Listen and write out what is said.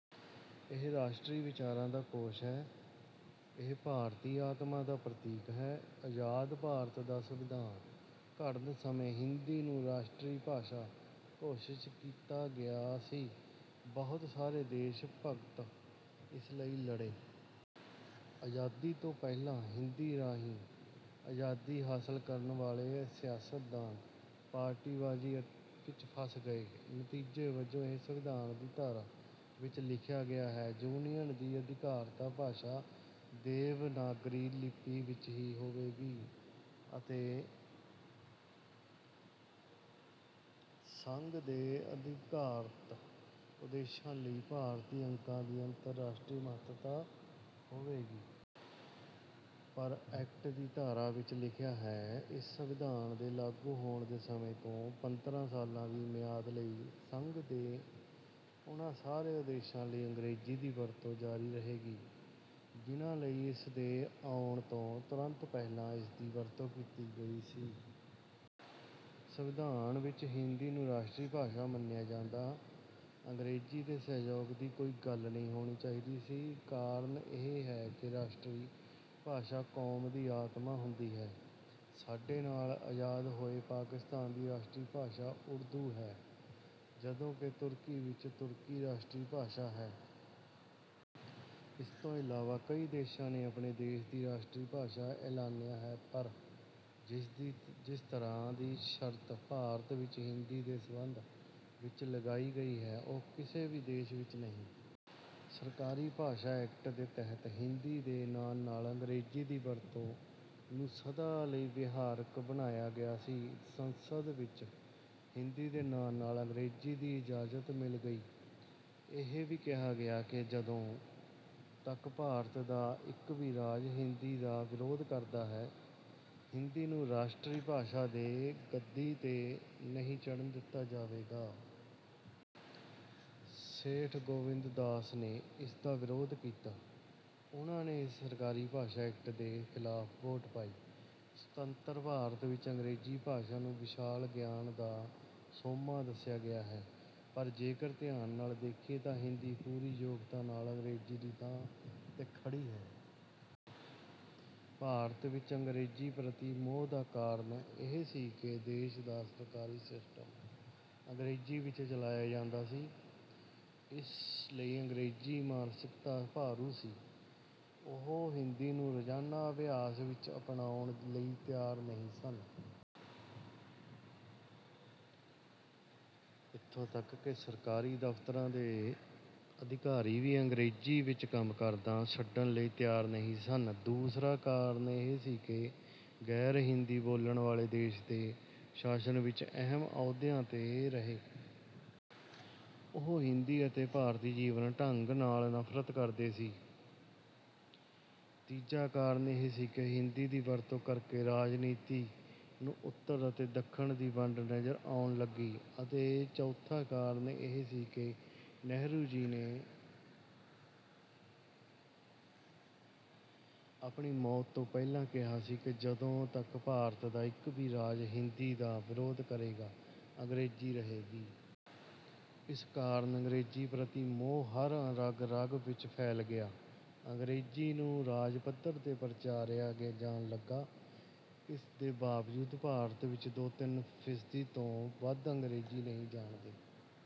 ਇਹ ਰਾਸ਼ਟਰੀ ਵਿਚਾਰਾਂ ਦਾ ਕੋਸ਼ ਹੈ। ਇਹ ਭਾਰਤੀ ਆਤਮਾ ਦਾ ਪ੍ਰਤੀਕ ਹੈ। ਆਜ਼ਾਦ ਭਾਰਤ ਦਾ ਸੰਵਿਧਾਨ ਘੜਨ ਸਮੇਂ ਹਿੰਦੀ ਨੂੰ ਰਾਸ਼ਟਰੀ ਭਾਸ਼ਾ ਘੋਸ਼ਿਤ ਕੀਤਾ ਗਿਆ ਸੀ। ਬਹੁਤ ਸਾਰੇ ਦੇਸ਼ ਭਗਤ ਇਸ ਲਈ ਲੜੇ। ਆਜ਼ਾਦੀ ਤੋਂ ਪਹਿਲਾਂ ਹਿੰਦੀ ਰਾਹੀਂ ਆਜ਼ਾਦੀ ਹਾਸਲ ਕਰਨ ਵਾਲੇ ਸਿਆਸਤਦਾਨ ਪਾਰਟੀਬਾਜ਼ੀ ਵਿੱਚ ਫਸ ਗਏ। ਨਤੀਜੇ ਵਜੋਂ, ਇਹ ਸੰਵਿਧਾਨ ਦੀ ਧਾਰਾ ਵਿੱਚ ਲਿਖਿਆ ਗਿਆ ਹੈ। ਯੂਨੀਅਨ ਦੀ ਅਧਿਕਾਰਤ ਭਾਸ਼ਾ ਦੇਵਨਾਗਰੀ ਲਿਪੀ ਵਿੱਚ ਹਿੰਦੀ ਹੋਵੇਗੀ ਅਤੇ ਸੰਘ ਦੇ ਅਧਿਕਾਰਤ ਉਦੇਸ਼ਾਂ ਲਈ ਭਾਰਤੀ ਅੰਕਾਂ ਦੀ ਅੰਤਰਰਾਸ਼ਟਰੀ ਮਹੱਤਤਾ ਹੋਵੇਗੀ। ਪਰ ਐਕਟ ਦੀ ਧਾਰਾ ਵਿਚ ਲਿਖਿਆ ਹੈ, 'ਇਸ ਸੰਵਿਧਾਨ ਦੇ ਲਾਗੂ ਹੋਣ ਦੇ ਸਮੇਂ ਤੋਂ ਪੰਦਰਾਂ ਸਾਲਾਂ ਦੀ ਮਿਆਦ ਲਈ, ਸੰਘ ਦੇ ਉਨ੍ਹਾਂ ਸਾਰੇ ਉਦੇਸ਼ਾਂ ਲਈ ਅੰਗਰੇਜ਼ੀ ਦੀ ਵਰਤੋਂ ਜਾਰੀ ਰਹੇਗੀ ਜਿਨ੍ਹਾਂ ਲਈ ਇਸ ਦੇ ਆਉਣ ਤੋਂ ਤੁਰੰਤ ਪਹਿਲਾਂ ਇਸਦੀ ਵਰਤੋਂ ਕੀਤੀ ਗਈ ਸੀ। ਸੰਵਿਧਾਨ ਵਿੱਚ ਹਿੰਦੀ ਨੂੰ ਰਾਸ਼ਟਰੀ ਭਾਸ਼ਾ ਮੰਨਿਆ ਜਾਂਦਾ। ਅੰਗਰੇਜ਼ੀ ਦੇ ਸਹਿਯੋਗ ਦੀ ਕੋਈ ਗੱਲ ਨਹੀਂ ਹੋਣੀ ਚਾਹੀਦੀ ਸੀ। ਕਾਰਨ ਇਹ ਹੈ ਕਿ ਰਾਸ਼ਟਰੀ ਭਾਸ਼ਾ ਕੌਮ ਦੀ ਆਤਮਾ ਹੁੰਦੀ ਹੈ। ਸਾਡੇ ਨਾਲ ਆਜ਼ਾਦ ਹੋਏ ਪਾਕਿਸਤਾਨ ਦੀ ਰਾਸ਼ਟਰੀ ਭਾਸ਼ਾ ਉਰਦੂ ਹੈ, ਜਦੋਂ ਕਿ ਤੁਰਕੀ ਵਿੱਚ ਤੁਰਕੀ ਰਾਸ਼ਟਰੀ ਭਾਸ਼ਾ ਹੈ। ਇਸ ਤੋਂ ਇਲਾਵਾ ਕਈ ਦੇਸ਼ਾਂ ਨੇ ਆਪਣੇ ਦੇਸ਼ ਦੀ ਰਾਸ਼ਟਰੀ ਭਾਸ਼ਾ ਐਲਾਨਿਆ ਹੈ ਪਰ ਜਿਸ ਤਰ੍ਹਾਂ ਦੀ ਸ਼ਰਤ ਭਾਰਤ ਵਿਚ ਹਿੰਦੀ ਦੇ ਸਬੰਧ ਵਿਚ ਲਗਾਈ ਗਈ ਹੈ, ਉਹ ਕਿਸੇ ਵੀ ਦੇਸ਼ ਵਿਚ ਨਹੀਂ ਹੈ। ਸਰਕਾਰੀ ਭਾਸ਼ਾ ਐਕਟ ਦੇ ਤਹਿਤ ਹਿੰਦੀ ਦੇ ਨਾਲ-ਨਾਲ ਅੰਗਰੇਜ਼ੀ ਦੀ ਵਰਤੋਂ ਨੂੰ ਸਦਾ ਲਈ ਵਿਹਾਰਕ ਬਣਾਇਆ ਗਿਆ ਸੀ। ਸੰਸਦ ਵਿਚ ਹਿੰਦੀ ਦੇ ਨਾਲ-ਨਾਲ ਅੰਗਰੇਜ਼ੀ ਦੀ ਇਜਾਜ਼ਤ ਮਿਲ ਗਈ। ਇਹ ਵੀ ਕਿਹਾ ਗਿਆ ਕਿ ਜਦੋਂ ਤੱਕ ਭਾਰਤ ਦਾ ਇੱਕ ਵੀ ਰਾਜ ਹਿੰਦੀ ਦਾ ਵਿਰੋਧ ਕਰਦਾ ਹੈ, ਹਿੰਦੀ ਨੂੰ ਰਾਸ਼ਟਰੀ ਭਾਸ਼ਾ ਦੇ ਗੱਦੀ 'ਤੇ ਨਹੀਂ ਚੜ੍ਹਨ ਦਿੱਤਾ ਜਾਵੇਗਾ। ਸੇਠ ਗੋਵਿੰਦਦਾਸ ਨੇ ਇਸ ਦਾ ਵਿਰੋਧ ਕੀਤਾ। ਉਹਨਾਂ ਨੇ ਇਸ ਸਰਕਾਰੀ ਭਾਸ਼ਾ ਐਕਟ ਦੇ ਖਿਲਾਫ ਵੋਟ ਪਾਈ। ਸੁਤੰਤਰ ਭਾਰਤ ਵਿੱਚ ਅੰਗਰੇਜ਼ੀ ਭਾਸ਼ਾ ਨੂੰ ਵਿਸ਼ਾਲ ਗਿਆਨ ਦਾ ਸੋਮਾ ਦੱਸਿਆ ਗਿਆ ਹੈ, ਪਰ ਜੇਕਰ ਧਿਆਨ ਨਾਲ ਦੇਖੀਏ ਤਾਂ ਹਿੰਦੀ ਪੂਰੀ ਯੋਗਤਾ ਨਾਲ ਅੰਗਰੇਜ਼ੀ ਦੀ ਥਾਂ 'ਤੇ ਖੜ੍ਹੀ ਹੈ। ਭਾਰਤ ਵਿੱਚ ਅੰਗਰੇਜ਼ੀ ਪ੍ਰਤੀ ਮੋਹ ਦਾ ਕਾਰਨ ਇਹ ਸੀ ਕਿ ਦੇਸ਼ ਦਾ ਸਰਕਾਰੀ ਸਿਸਟਮ ਅੰਗਰੇਜ਼ੀ ਵਿੱਚ ਚਲਾਇਆ ਜਾਂਦਾ ਸੀ। ਇਸ ਲਈ ਅੰਗਰੇਜ਼ੀ ਮਾਨਸਿਕਤਾ ਭਾਰੂ ਸੀ। ਉਹ ਹਿੰਦੀ ਨੂੰ ਰੋਜ਼ਾਨਾ ਅਭਿਆਸ ਵਿੱਚ ਅਪਣਾਉਣ ਲਈ ਤਿਆਰ ਨਹੀਂ ਸਨ। ਇੱਥੋਂ ਤੱਕ ਕਿ ਸਰਕਾਰੀ ਦਫ਼ਤਰਾਂ ਦੇ ਅਧਿਕਾਰੀ ਵੀ ਅੰਗਰੇਜ਼ੀ ਵਿੱਚ ਕੰਮ ਕਰਨਾ ਛੱਡਣ ਲਈ ਤਿਆਰ ਨਹੀਂ ਸਨ। ਦੂਸਰਾ ਕਾਰਨ ਇਹ ਸੀ ਕਿ ਗੈਰ-ਹਿੰਦੀ ਬੋਲਣ ਵਾਲੇ ਦੇਸ਼ ਦੇ ਸ਼ਾਸਨ ਵਿਚ ਅਹਿਮ ਅਹੁਦਿਆਂ 'ਤੇ ਰਹੇ। ਉਹ ਹਿੰਦੀ ਅਤੇ ਭਾਰਤੀ ਜੀਵਨ ਢੰਗ ਨਾਲ ਨਫ਼ਰਤ ਕਰਦੇ ਸੀ। ਤੀਜਾ ਕਾਰਨ ਇਹ ਸੀ ਕਿ ਹਿੰਦੀ ਦੀ ਵਰਤੋਂ ਕਰਕੇ ਰਾਜਨੀਤੀ ਨੂੰ ਉੱਤਰ ਅਤੇ ਦੱਖਣ ਦੀ ਵੰਡ ਨਜ਼ਰ ਆਉਣ ਲੱਗੀ ਅਤੇ ਚੌਥਾ ਕਾਰਨ ਇਹ ਸੀ ਕਿ ਨਹਿਰੂ ਜੀ ਨੇ ਆਪਣੀ ਮੌਤ ਤੋਂ ਪਹਿਲਾਂ ਕਿਹਾ ਸੀ ਕਿ ਜਦੋਂ ਤੱਕ ਭਾਰਤ ਦਾ ਇੱਕ ਵੀ ਰਾਜ ਹਿੰਦੀ ਦਾ ਵਿਰੋਧ ਕਰੇਗਾ, ਅੰਗਰੇਜ਼ੀ ਰਹੇਗੀ। ਇਸ ਕਾਰਨ ਅੰਗਰੇਜ਼ੀ ਪ੍ਰਤੀ ਮੋਹ ਹਰ ਰਗ-ਰਗ ਵਿਚ ਫੈਲ ਗਿਆ। ਅੰਗਰੇਜ਼ੀ ਨੂੰ ਰਾਜ ਪੱਧਰ 'ਤੇ ਪ੍ਰਚਾਰਿਆ ਜਾਣ ਲੱਗਾ। ਇਸ ਦੇ ਬਾਵਜੂਦ ਭਾਰਤ ਵਿੱਚ ਦੋ-ਤਿੰਨ ਫ਼ੀਸਦੀ ਤੋਂ ਵੱਧ ਅੰਗਰੇਜ਼ੀ ਨਹੀਂ ਜਾਣਦੇ।